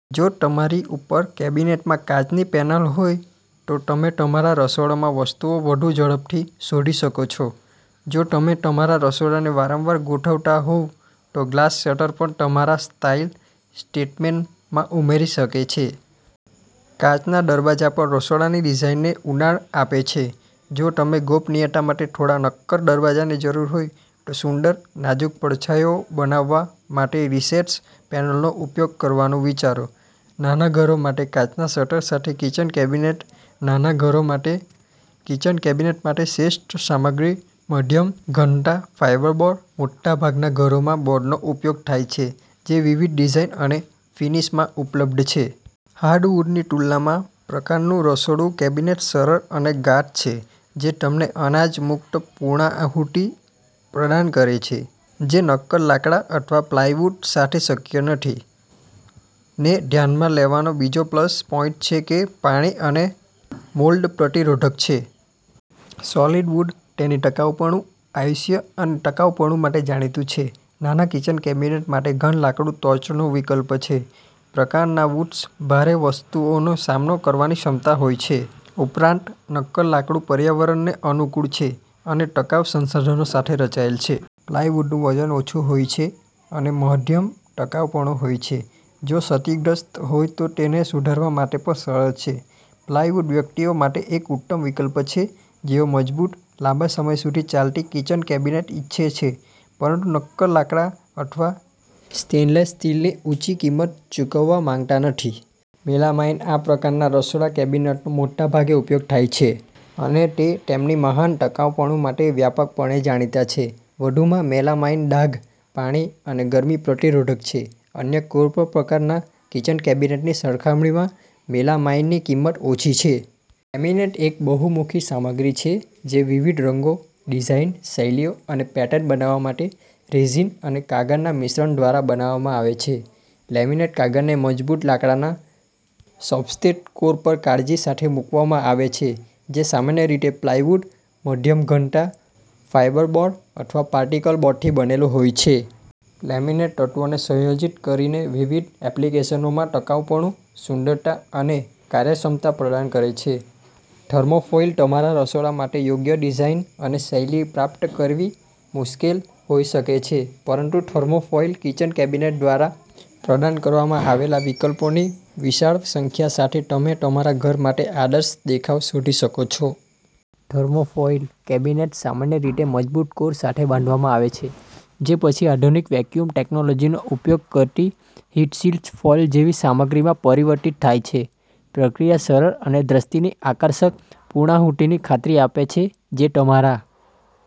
જો તમારી ઉપરની કેબિનેટમાં કાચની પેનલ હોય તો તમે તમારા રસોડામાં વસ્તુઓ વધુ ઝડપથી શોધી શકો છો. જો તમે તમારા રસોડાને વારંવાર ગોઠવતા હોવ તો ગ્લાસ શટર પણ તમારા સ્ટાઇલ સ્ટેટમેન્ટમાં ઉમેરી શકે છે. કાચના દરવાજા પણ રસોડાની ડિઝાઇનને ઊંડાણ આપે છે. જો તમને ગોપનીયતા માટે થોડા નક્કર દરવાજાની જરૂર હોય, તો સુંદર, નાજુક પડછાયાઓ બનાવવા માટે રિસેસ્ડ પેનલ્સનો ઉપયોગ કરવાનું વિચારો. નાના ઘરો માટે કાચના શટર સાથે કિચન કેબિનેટ્સ નાના ઘરો માટે કિચન કેબિનેટ માટે શ્રેષ્ઠ સામગ્રી મધ્યમ-ઘનતા ફાઇબરબોર્ડ મોટાભાગના ઘરોમાં બોર્ડનો ઉપયોગ થાય છે, જે વિવિધ ડિઝાઇન અને ફિનિશમાં ઉપલબ્ધ છે. હાર્ડવુડની તુલનામાં, પ્રકારનું રસોડું કેબિનેટ સરળ અને ગાઢ છે, જે તમને અનાજ-મુક્ત પૂર્ણાહુતિ પ્રદાન કરે છે જે નક્કર લાકડા અથવા પ્લાયવુડ સાથે શક્ય નથી. ને ધ્યાનમાં લેવાનો બીજો પ્લસ પોઈન્ટછે કે તે પાણી અને મોલ્ડ પ્રતિરોધક છે. સોલિડ વુડતેની ટકાઉપણું, આયુષ્ય અને ટકાઉપણું માટે જાણીતું છે, નાના કિચન કેબિનેટ માટે ઘન લાકડું ટોચનો વિકલ્પ છે. પ્રકારના વૂડ્સમાં ભારે વસ્તુઓનો સામનો કરવાની ક્ષમતા હોય છે. ઉપરાંત, નક્કર લાકડું પર્યાવરણને અનુકૂળ છે અને ટકાઉ સંસાધનો સાથે રચાયેલ છે. પ્લાયવુડનું વજન ઓછું હોય છે, અને મધ્યમ ટકાઉપણું હોય છે. જો ક્ષતિગ્રસ્ત હોય તો તેને સુધારવા માટે પણ સરળ છે. પ્લાયવુડ વ્યક્તિઓ માટે એક ઉત્તમ વિકલ્પ છે જેઓ મજબૂત, લાંબા સમય સુધી ચાલતી કિચન કેબિનેટ ઇચ્છે છે પરંતુ નક્કર લાકડા અથવા સ્ટેનલેસ સ્ટીલની ઊંચી કિંમત ચૂકવવા માંગતા નથી. મેલામાઇન આ પ્રકારના રસોડા કેબિનેટનો મોટાભાગે ઉપયોગ થાય છે અને તે તેમની મહાન ટકાઉપણું માટે વ્યાપકપણે જાણીતા છે. વધુમાં, મેલામાઇન ડાઘ, પાણી અને ગરમી પ્રતિરોધક છે. અન્ય કોઈપણ પ્રકારના કિચન કેબિનેટની સરખામણીમાં મેલામાઈનની કિંમત ઓછી છે. લેમિનેટએક બહુમુખી સામગ્રી છે જે વિવિધ રંગો, ડિઝાઇન, શૈલીઓ અને પેટર્ન બનાવવા માટે રેઝિન અને કાગળના મિશ્રણ દ્વારા બનાવવામાં આવે છે. લેમિનેટ કાગળને મજબૂત લાકડાના સબસ્ટ્રેટ કોર પર કાળજી સાથે મૂકવામાં આવે છે, જે સામાન્ય રીતે પ્લાયવુડ, મધ્યમ-ઘનતા ફાઇબરબોર્ડ અથવા પાર્ટિકલબોર્ડથી બનેલું હોય છે. લેમિનેટતત્વોને સંયોજિત કરીને વિવિધ એપ્લિકેશનોમાં ટકાઉપણું, સુંદરતા અને કાર્યક્ષમતા પ્રદાન કરે છે. થર્મોફોઇલતમારા રસોડા માટે યોગ્ય ડિઝાઇન અને શૈલી પ્રાપ્ત કરવી મુશ્કેલ હોઈ શકે છે, પરંતુ થર્મોફોઇલ કિચન કેબિનેટ્સ દ્વારા પ્રદાન કરવામાં આવેલા વિકલ્પોની વિશાળ સંખ્યા સાથે, તમે તમારા ઘર માટે આદર્શ દેખાવ શોધી શકો છો. થર્મોફોઇલ કેબિનેટ્સ સામાન્ય રીતે મજબૂત કોર સાથે બાંધવામાં આવે છે જે પછી આધુનિક વેક્યૂમ ટેક્નોલોજીનો ઉપયોગ કરતી હીટ-સીલ્ડ ફોઇલ જેવી સામગ્રીમાં પરિવર્તિત થાય છે. પ્રક્રિયા સરળ અને દૃષ્ટિની આકર્ષક પૂર્ણાહુતિની ખાતરી આપે છે જે તમારા